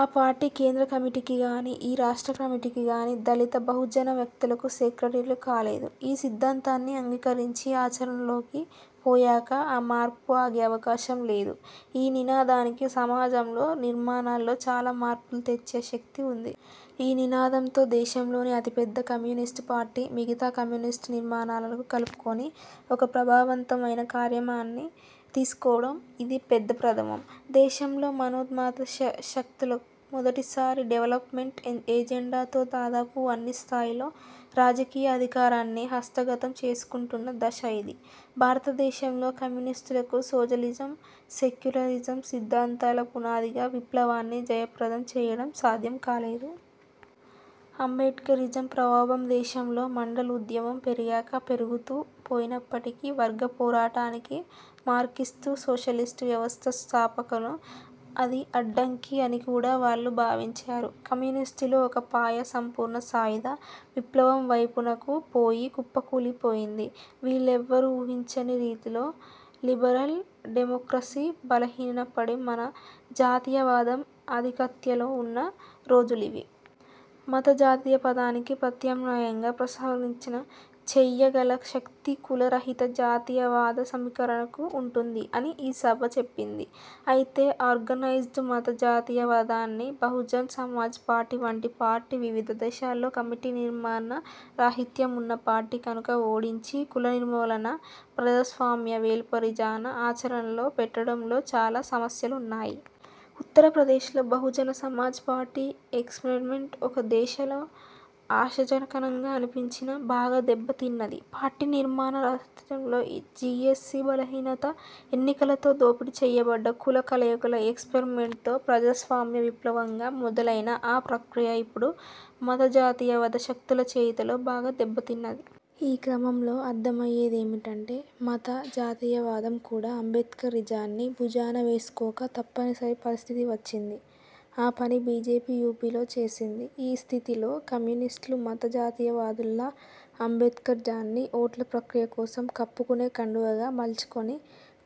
ఆ పార్టీ కేంద్ర కమిటీకి గానీ, ఈ రాష్ట్ర కమిటీకి గానీ దళిత బహుజన వ్యక్తులు సెక్రటరీలు కాలేదు. ఈ సిద్ధాంతాన్ని అంగీకరించి ఆచరణలోకి పోయాక ఆ మార్పు ఆగే అవకాశం లేదు. ఈ నినాదానికి సమాజంలో, నిర్మాణాల్లో చాలా మార్పులు తెచ్చే శక్తి ఉంది. ఈ నినాదంతో దేశంలోని అతిపెద్ద కమ్యూనిస్టు పార్టీ, మిగతా కమ్యూనిస్టు నిర్మాణాలను కలుపుకొని ఒక ప్రభావవంతమైన కార్యమాన్ని తీసుకోవడం ఇదే పెద్ద ప్రథమం. దేశంలో మనో మ్మాద శ శక్తులు మొదటిసారి డెవలప్మెంట్ ఎజెండాతో దాదాపు అన్ని స్థాయిల్లో రాజకీయ అధికారాన్ని హస్తగతం చేసుకుంటున్న దశ ఇది. భారతదేశంలో కమ్యూనిస్టులకు సోషలిజం, సెక్యులరిజం సిద్ధాంతాల పునాదిగా విప్లవాన్ని జయప్రదం చెయ్యడం సాధ్యం కాలేదు. అంబేడ్కరిజం ప్రభావం దేశంలో మండల్ ఉద్యమం పెరిగాక పెరుగుతూ పోయినప్పటికీ, వర్గ పోరాటానికి మార్క్సిస్టు సోషలిస్టు వ్యవస్థ స్థాపనకు అది అడ్డంకి అని కూడా వాళ్ళు భావించారు. కమ్యూనిస్టుల్లో ఒక పాయ 'సంపూర్ణ సాయుధ' విప్లవం వైపునకు పోయి కుప్పకూలిపోయింది. వీళ్లెవ్వరూ ఊహించని రీతిలో 'లిబరల్ డెమోక్రసీ' బలహీనపడి 'మత జాతీయవాదం' ఆధిక్యతలో ఉన్న రోజులివి. మత జాతీయవాదానికి ప్రత్యామ్నాయంగా ప్రజాసమీకరణ చెయ్యగల శక్తి 'కుల రహిత జాతీయవాద' సమీకరణకు ఉంటుంది అని ఈ సభ చెప్పింది. అయితే ఆర్గనైజ్డ్ మత జాతీయవాదాన్ని, బహుజన్ సమాజ్ పార్టీ వంటి పార్టీ వివిధ దశల్లో కమిటీ నిర్మాణ రాహిత్యమున్న పార్టీ కనుక ఓడించి 'కుల నిర్మూలన ప్రజాస్వామ్య వెల్ఫేరిజాన్ని' ఆచరణలో పెట్టడంలో చాలా సమస్యలున్నాయి. ఉత్తరప్రదేశ్లో బహుజన సమాజ్ పార్టీ ఎక్స్పెర్మెంట్ ఒక దశలో ఆశాజనకంగా అనిపించినా, బాగా దెబ్బతిన్నది. పార్టీ నిర్మాణ రాహిత్యం బీఎస్పీ బలహీనత. ఎన్నికలతో దోపిడీ చెయ్యబడ్డ కుల కలయికల ఎక్స్పెరిమెంట్తో 'ప్రజాస్వామ్య విప్లవంగా' మొదలైన ఆ ప్రక్రియ ఇప్పుడు మత జాతీయవాద శక్తుల చేతిలో బాగా దెబ్బతిన్నది. ఈ క్రమంలో అర్థమయిందేమంటే మత జాతీయవాదం కూడా అంబేడ్కరిజాన్ని భుజాన వేసుకోక తప్పనిసరి పరిస్థితి వచ్చింది. ఆ పని బీజేపీ యూపీలో చేసింది. ఈ స్థితిలో కమ్యూనిస్టులు మత జాతీయవాదుల్లా అంబేడ్కరిజాన్ని ఓట్ల ప్రక్రియ కోసం కప్పుకునే కండువగా మల్చుకొని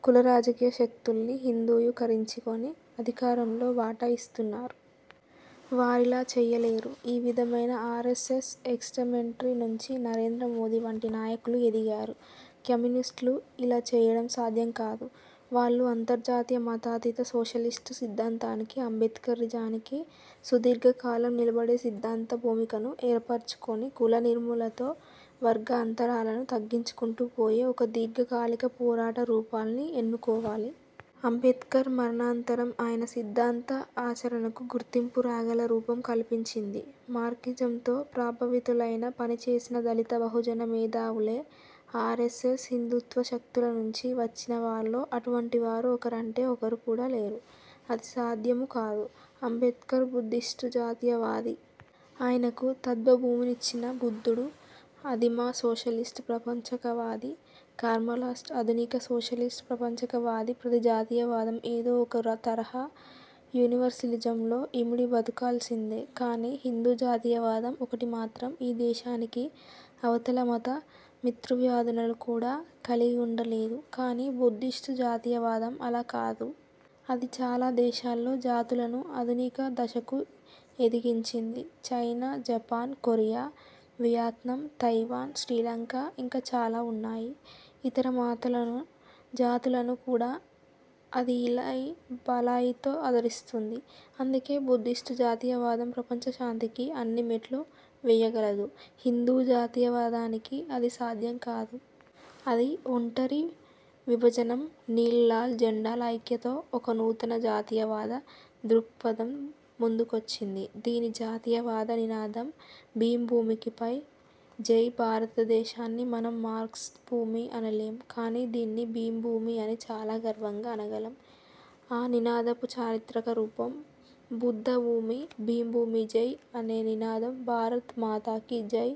కులరాజకీయ శక్తుల్ని హిందూయీకరించుకొని అధికారంలో వాటా ఇస్తున్నారు. వారిలా చెయ్యలేరు. ఈ విధమైన ఆర్ఎస్ఎస్ ఎక్స్పరిమెంట్ నుంచి నరేంద్ర మోదీ వంటి నాయకులు ఎదిగారు. కమ్యూనిస్టులు అలా చెయ్యడం సాధ్యం కాదు. వాళ్ళు అంతర్జాతీయ మతాతీత సోషలిస్టు సిద్ధాంతానికి అంబేడ్కరిజానికి సుదీర్ఘ కాలం నిలబడే సిద్ధాంత భూమికను ఏర్పరచుకొని కుల నిర్మూలనతో వర్గ అంతరాలను తగ్గించుకుంటూ పోయే ఒక దీర్ఘకాలిక పోరాట రూపాన్ని ఎన్నుకోవాలి. అంబేడ్కర్ మరణానంతరం ఆయన సిద్ధాంత ఆచరణకు గుర్తింపు రాగల రూపం కల్పించింది మార్క్సిజంతో ప్రభావితులై, పనిచేసిన దళిత బహుజన మేధావులే. ఆర్ఎస్ఎస్ హిందూత్వ శక్తుల నుంచి వచ్చిన వారిలో అటువంటి వారు ఒక్కరంటే ఒక్కరు కూడా లేరు. అది సాధ్యమూ కాదు. అంబేడ్కర్ బుద్ధిస్టు జాతీయవాది. ఆయనకు తత్వభూమికనిచ్చిన బుద్ధుడు ఆదిమ సోషలిస్టు ప్రాపంచికవాది. కారల్మార్క్స్ ఆధునిక సోషలిస్టు ప్రాపంచికవాది. ప్రతి జాతీయవాదం ఏదో ఒక తరహా యూనివర్సలిజంలో ఇమిడి బతుకాల్సిందే. కానీ హిందూ జాతీయవాదం ఒక్కటి మాత్రం ఈ దేశానికి అవతల మత మితృత్వవాదులను కూడా కలిగి ఉండలేదు. కానీ బుద్ధిస్టు జాతీయవాదం అలా కాదు. అది చాలా దేశాల్లో జాతులను ఆధునిక దశకు ఎదిగించింది. China, Japan, Korea, Vietnam, Taiwan, Sri Lanka ఇంకా చాలా ఉన్నాయి. ఇతర మాతలను జాతులను కూడా అది ఇలాయి బలాయితో ఆదరిస్తుంది. అందుకే బుద్ధిస్టు జాతీయవాదం ప్రపంచ శాంతికి అన్ని మెట్లు వెయ్యగలదు. హిందూ జాతీయ వాదానికి అది సాధ్యం కాదు. అది ఒంటరి విభజనం. నీల్ లాల్ జెండాల ఐక్యతతో, ఒక నూతన జాతీయవాద దృక్పథం ముందుకొచ్చింది. దీని జాతీయవాద నినాదం 'భీం భూమికి జై'. భారతదేశాన్ని మనం 'మార్క్స్ భూమి' అనలేం. కాని దాన్ని 'భీం భూమి' అని చాలా గర్వంగా అనగలం. ఆ నినాదపు చారిత్రక రూపం 'బుద్ధ భూమి'. 'భీం భూమికి జై' అనే నినాదం 'భారత్ మాతాకీ జై'